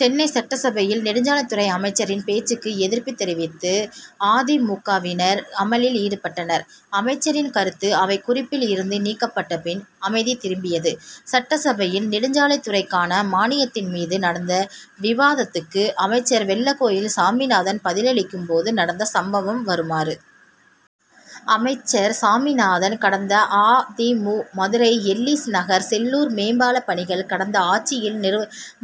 சென்னை சட்டசபையில் நெடுஞ்சாலைத் துறை அமைச்சரின் பேச்சுக்கு எதிர்ப்பு தெரிவித்து அ. தி. மு. க.வினர் அமளியில் ஈடுபட்டனர். அமைச்சரின் கருத்து அவைக் குறிப்பில் இருந்து நீக்கப்பட்ட பின் அமைதி திரும்பியது. சட்டசபையில் நெடுஞ்சாலைத் துறைக்கான மானியத்தின் மீது நடந்த விவாதத்துக்கு அமைச்சர் வெள்ளக்கோவில் சாமிநாதன் பதிலளிக்கும் போது நடந்த சம்பவம் வருமாறு. அமைச்சர் சாமிநாதன் கடந்த அ. தி. மு. மதுரை எல்லீஸ் நகர் செல்லூர் மேம்பாலப் பணிகள் கடந்த ஆட்சியில்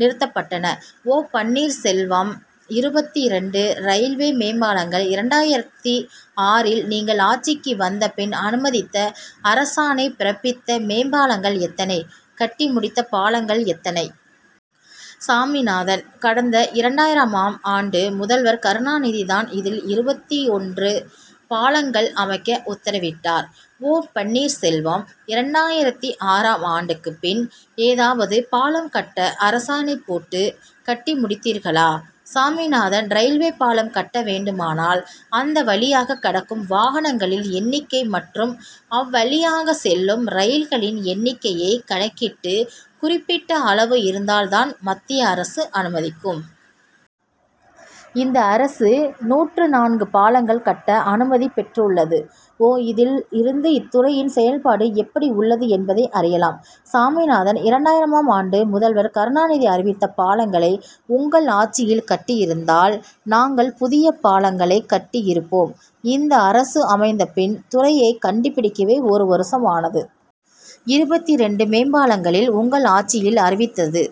நிறுத்தப்பட்டன. ஓ. பன்னீர்செல்வம் இருபத்தி இரண்டு ரயில்வே மேம்பாலங்களில் இரண்டாயிரத்து ஆறில் நீங்கள் ஆட்சிக்கு வந்த பின் அனுமதித்து அரசாணை பிறப்பித்த மேம்பாலங்கள் எத்தனை? கட்டி முடித்த பாலங்கள் எத்தனை? சாமிநாதன் கடந்த இரண்டாயிரமாம் ஆண்டு முதல்வர் கருணாநிதி தான் இதில் இருபத்தி ஒன்று பாலங்கள் அமைக்க உத்தரவிட்டார். ஓ. பன்னீர்செல்வம் இரண்டாயிரத்து ஆறாம் ஆண்டுக்கு பின் ஏதாவது பாலம் கட்ட அரசாணை போட்டு கட்டி முடித்தீர்களா? சாமிநாதன் ரயில்வே பாலம் கட்ட வேண்டுமானால் அந்த வழியாக கடக்கும் வாகனங்களில் எண்ணிக்கை மற்றும் அவ்வழியாக செல்லும் ரயில்களின் எண்ணிக்கையை கணக்கிட்டு குறிப்பிட்ட அளவு இருந்தால் தான் மத்திய அரசு அனுமதிக்கும். இந்த அரசு நூற்று நான்கு பாலங்கள் கட்ட அனுமதி பெற்றுள்ளது. ஓ. இதில் இருந்து இத்துறையின் செயல்பாடு எப்படி உள்ளது என்பதை அறியலாம். சாமிநாதன் இரண்டாயிரமாம் ஆண்டு முதல்வர் கருணாநிதி அறிவித்த பாலங்களை உங்கள் ஆட்சியில் கட்டியிருந்தால் நாங்கள் புதிய பாலங்களை கட்டி இருப்போம். இந்த அரசு அமைந்த பின் துறையை கண்டுபிடிக்கவே ஒரு வருஷம் ஆனது. இருபத்தி இரண்டு மேம்பாலங்களில் உங்கள் ஆட்சியில் அறிவித்தது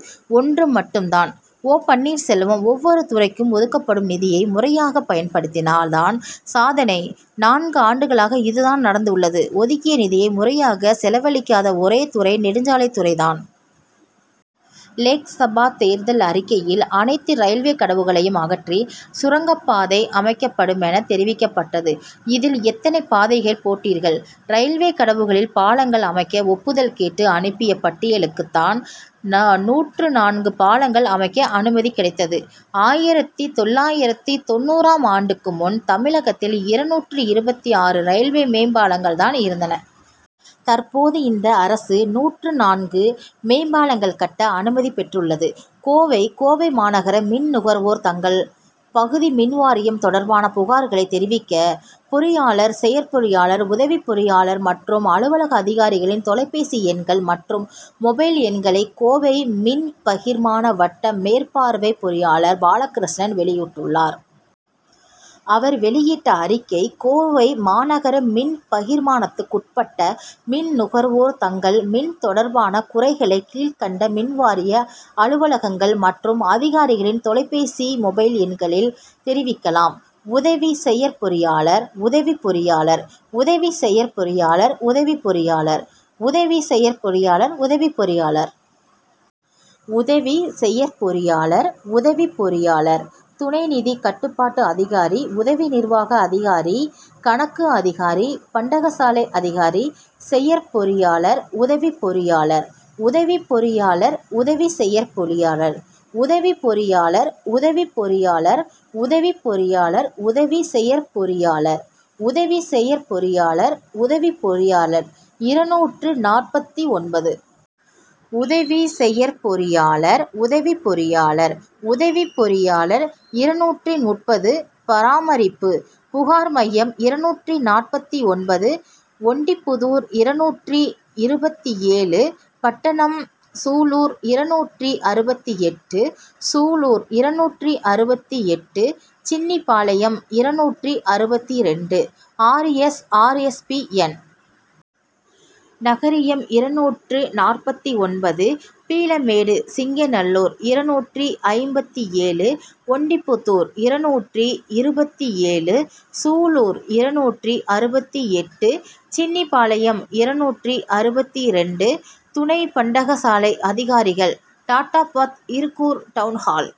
ஒன்று மட்டும் தான். ஓ. பன்னீர்செல்வம் ஒவ்வொரு துறைக்கும் ஒதுக்கப்படும் நிதியை முறையாக பயன்படுத்தினால் தான் சாதனை. நான்கு ஆண்டுகளாக இது தான் நடந்துள்ளது. ஒதுக்கிய நிதியை முறையாக செலவழிக்காத ஒரே துறை நெடுஞ்சாலைத் துறை தான். லோக்சபா தேர்தல் அறிக்கையில் அனைத்து ரயில்வே கடவுகளையும் அகற்றி சுரங்கப்பாதை அமைக்கப்படுமென தெரிவிக்கப்பட்டது. இதில் எத்தனை பாதைகள் போட்டீர்கள். ரயில்வே கடவுகளில் பாலங்கள் அமைக்க ஒப்புதல் கேட்டு அனுப்பிய பட்டியலுக்கு தான் நூற்று நான்கு பாலங்கள் அமைக்க அனுமதி கிடைத்தது. ஆயிரத்து தொள்ளாயிரத்து தொண்ணூறாம் ஆண்டுக்கு முன் தமிழகத்தில் இருநூற்று இருபத்தி ஆறு ரயில்வே மேம்பாலங்கள் தான் இருந்தன. தற்போது இந்த அரசு நூற்று நான்கு மேம்பாலங்கள் கட்ட அனுமதி பெற்றுள்ளது. கோவை கோவை மாநகர் மின் நுகர்வோர் தங்கள் பகுதி மின்வாரியம் தொடர்பான புகார்களை தெரிவிக்க பொறியாளர் செயற்பொறியாளர் உதவி செயற்பொறியாளர் மற்றும் அலுவலக அதிகாரிகளின் தொலைபேசி எண்கள் மற்றும் மொபைல் எண்களை கோவை மின்பகிர்மான வட்டம் மேற்பார்வை பொறியாளர் பாலகிருஷ்ணன் வெளியிட்டுள்ளார். அவர் வெளியிட்ட அறிக்கை கோவை மாநகர் மின் பகிர்மானத்துக்குட்பட்ட மின் நுகர்வோர் தங்கள் மின் தொடர்பான குறைகளை கீழ்கண்ட மின்வாரிய அலுவலகங்கள் மற்றும் அதிகாரிகளின் தொலைபேசி மொபைல் எண்களில் தெரிவிக்கலாம். உதவி செயற்பொறியாளர். உதவி பொறியாளர். உதவி செயற்பொறியாளர். உதவி பொறியாளர். உதவி செயற்பொறியாளர். உதவி பொறியாளர். உதவி செயற்பொறியாளர். உதவி பொறியாளர். துணை நிதி கட்டுப்பாட்டு அதிகாரி. உதவி நிர்வாக அதிகாரி. கணக்கு அதிகாரி. பண்டகசாலை அதிகாரி. செயற்பொறியாளர். உதவி பொறியாளர். உதவி பொறியாளர். உதவி செயற்பொறியாளர். உதவி பொறியாளர். உதவி பொறியாளர். உதவி பொறியாளர். உதவி செயற்பொறியாளர். உதவி செயற்பொறியாளர். உதவி பொறியாளர் இருநூற்று நாற்பத்தொன்பது. உதவி செயற்பொறியாளர். உதவி பொறியாளர். உதவி பொறியாளர் இருநூற்று முப்பது. பராமரிப்பு. புகார் மையம் இருநூற்று நாற்பத்தொன்பது. ஒண்டிப்புதூர் இருநூற்று இருபத்தேழு. பட்டணம். சூலூர் இருநூற்று அறுபத்தெட்டு. சூலூர் இருநூற்று அறுபத்தெட்டு. சின்னியம்பாளையம் இருநூற்று அறுபத்தி இரண்டு. R. S. R. S. P. N. நகரியம் இருநூற்று நாற்பத்தொன்பது. பீளமேடு. சிங்காநல்லூர் இருநூற்று ஐம்பத்தேழு. ஒண்டிப்புதூர் இருநூற்று இருபத்தேழு. சூலூர் இருநூற்று அறுபத்தெட்டு. சின்னியம்பாளையம் இருநூற்று அறுபத்தி இரண்டு. துணை பண்டக சாலை அதிகாரிகள் டாடாபாத். இருகூர். டவுன்ஹால்.